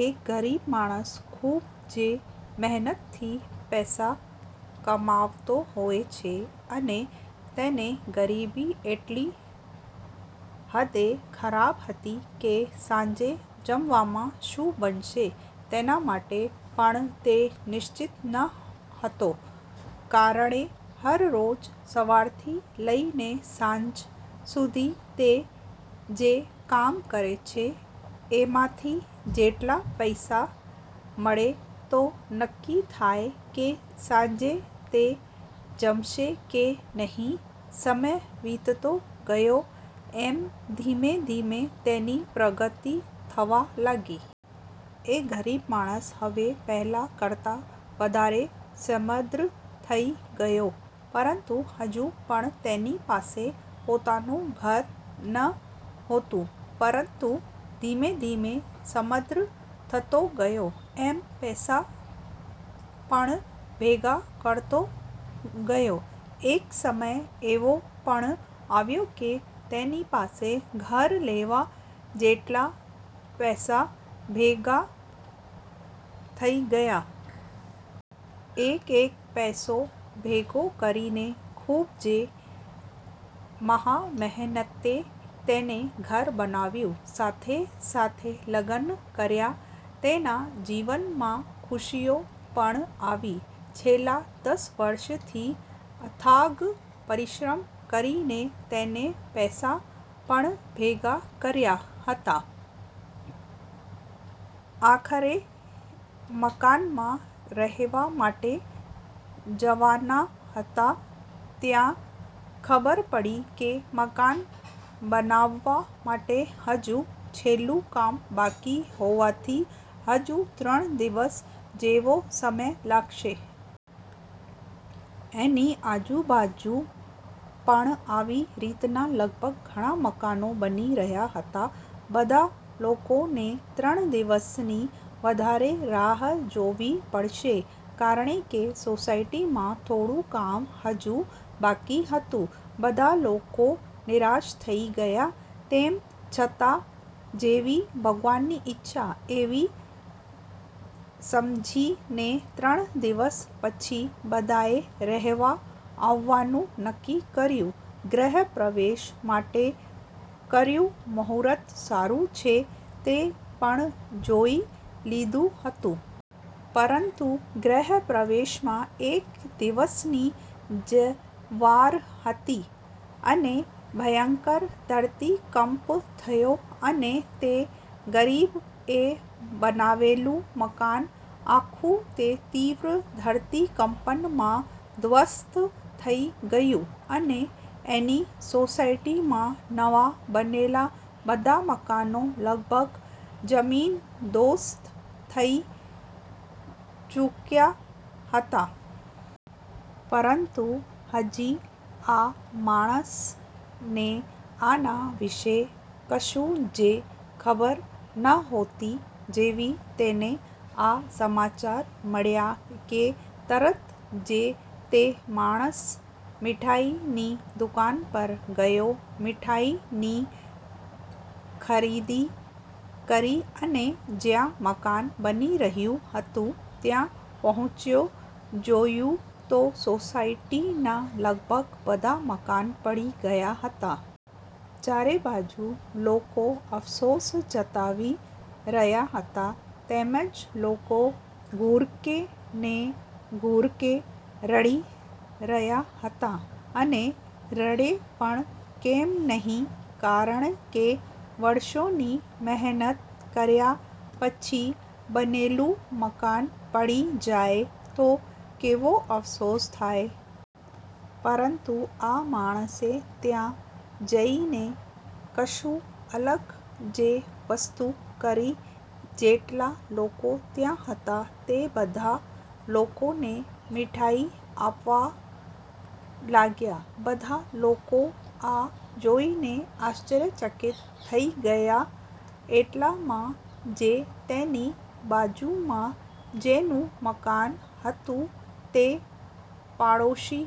એક ગરીબ માણસ ખૂબ જ મહેનત થી પૈસા કમાતો હોય છે, અને તેને ગરીબી એટલી હદે ખરાબ હતી કે સાંજે જમવામાં શું બનશે તેના માટે પણ તે નિશ્ચિત ન હતો, કારણકે દરરોજ સવારથી લઇને સાંજ સુધી તે જે કામ કરે છે એમાંથી જેટલા પૈસા મળે તો નક્કી થાય કે સાંજે તે જમશે કે નહીં, સમય વીતતો ગયો એમ ધીમે ધીમે તેની પ્રગતિ થવા લાગી. એ ગરીબ માણસ હવે પહેલા કરતા વધારે સમૃદ્ધ થઈ ગયો, પરંતુ હજુ પણ તેની પાસે પોતાનું ઘર નહોતું. પરંતુ ધીમે-ધીમે સમૃદ્ધ થતો ગયો એમ પૈસા પણ ભેગા કરતો ગયો, એક સમય એવો પણ આવ્યો કે તેની પાસે ઘર લેવા જેટલા પૈસા ભેગા થઈ ગયા. એક એક પૈસો ભેગો કરીને ખુબ જ મહામહેનતે તેને ઘર બનાવ્યું સાથે સાથે લગ્ન કર્યા તેના જીવનમાં ખુશીઓ પણ આવી. છેલ્લા દસ વર્ષથી અથાગ પરિશ્રમ કરીને તેને પૈસા પણ ભેગા કર્યા હતા. આખરે મકાનમાં રહેવા માટે જવાના હતા ત્યાં ખબર પડી કે મકાન બનાવવા માટે હજુ છેલ્લું કામ બાકી હોવાથી હજુ ત્રણ દિવસ જેવો સમય લાગશે. એની આજુબાજુ પણ આવી રીતના લગભગ ઘણા મકાનો બની રહ્યા હતા. બધા લોકોને ત્રણ દિવસની વધારે રાહ જોવી પડશે કારણકે સોસાયટીમાં થોડું કામ હજુ બાકી હતું. બધા લોકો નિરાશ થઈ ગયા. તેમ છતાં જેવી ભગવાનની ઈચ્છા એવું સમજીને ત્રણ દિવસ પછી બધાએ રહેવા આવવાનું નક્કી કર્યું ગૃહ પ્રવેશ માટે કયું મુહૂર્ત સારું છે તે પણ જોઈ લીધું હતું. પરંતુ ગૃહ પ્રવેશમાં એક દિવસની જ વાર હતી અને ભયંકર ધરતીકંપ થયો અને તે ગરીબ એ બનાવેલું મકાન આખું તે તીવ્ર ધરતીકંપ મા ધ્વસ્ત થઈ ગયું. અને એની સોસાયટીમાં નવા બનેલા બધા મકાનો લગભગ જમીનદોસ્ત થઈ ચૂક્યા હતા. પરંતુ હજી આ માણસને આના વિષે કશું જ ખબર નહોતી. જેવી તેને આ સમાચાર મળ્યા કે તરત જ તે માણસ મીઠાઈ ની દુકાન પર ગયો. મીઠાઈની ખરીદી કરી અને જ્યાં મકાન બની રહ્યું હતું ત્યાં પહોંચ્યો, જોયું તો સોસાયટીના લગભગ બધા મકાન પડી ગયા હતા. ચારે બાજુ લોકો અફસોસ જતાવી રહ્યા હતા તેમજ લોકો ધ્રુસ્કે ને ધ્રુસ્કે રડી રહ્યા હતા. અને રડે પણ કેમ નહીં કારણકે વર્ષોની મહેનત કર્યા પછી બનેલું મકાન પડી જાય તો કેવો અફસોસ થાય. પરંતુ આ માણસે ત્યાં જઈને કશું અલગ જ વસ્તુ કરી જેટલા લોકો ત્યાં હતા તે બધા લોકોને મીઠાઈ આપવા લાગ્યા. બધા લોકો આ જોઇને આશ્ચર્ય ચકિત થઈ ગયા, એટલામાં જ તેની બાજુમાં જેનું મકાન હતું તે પાડોશી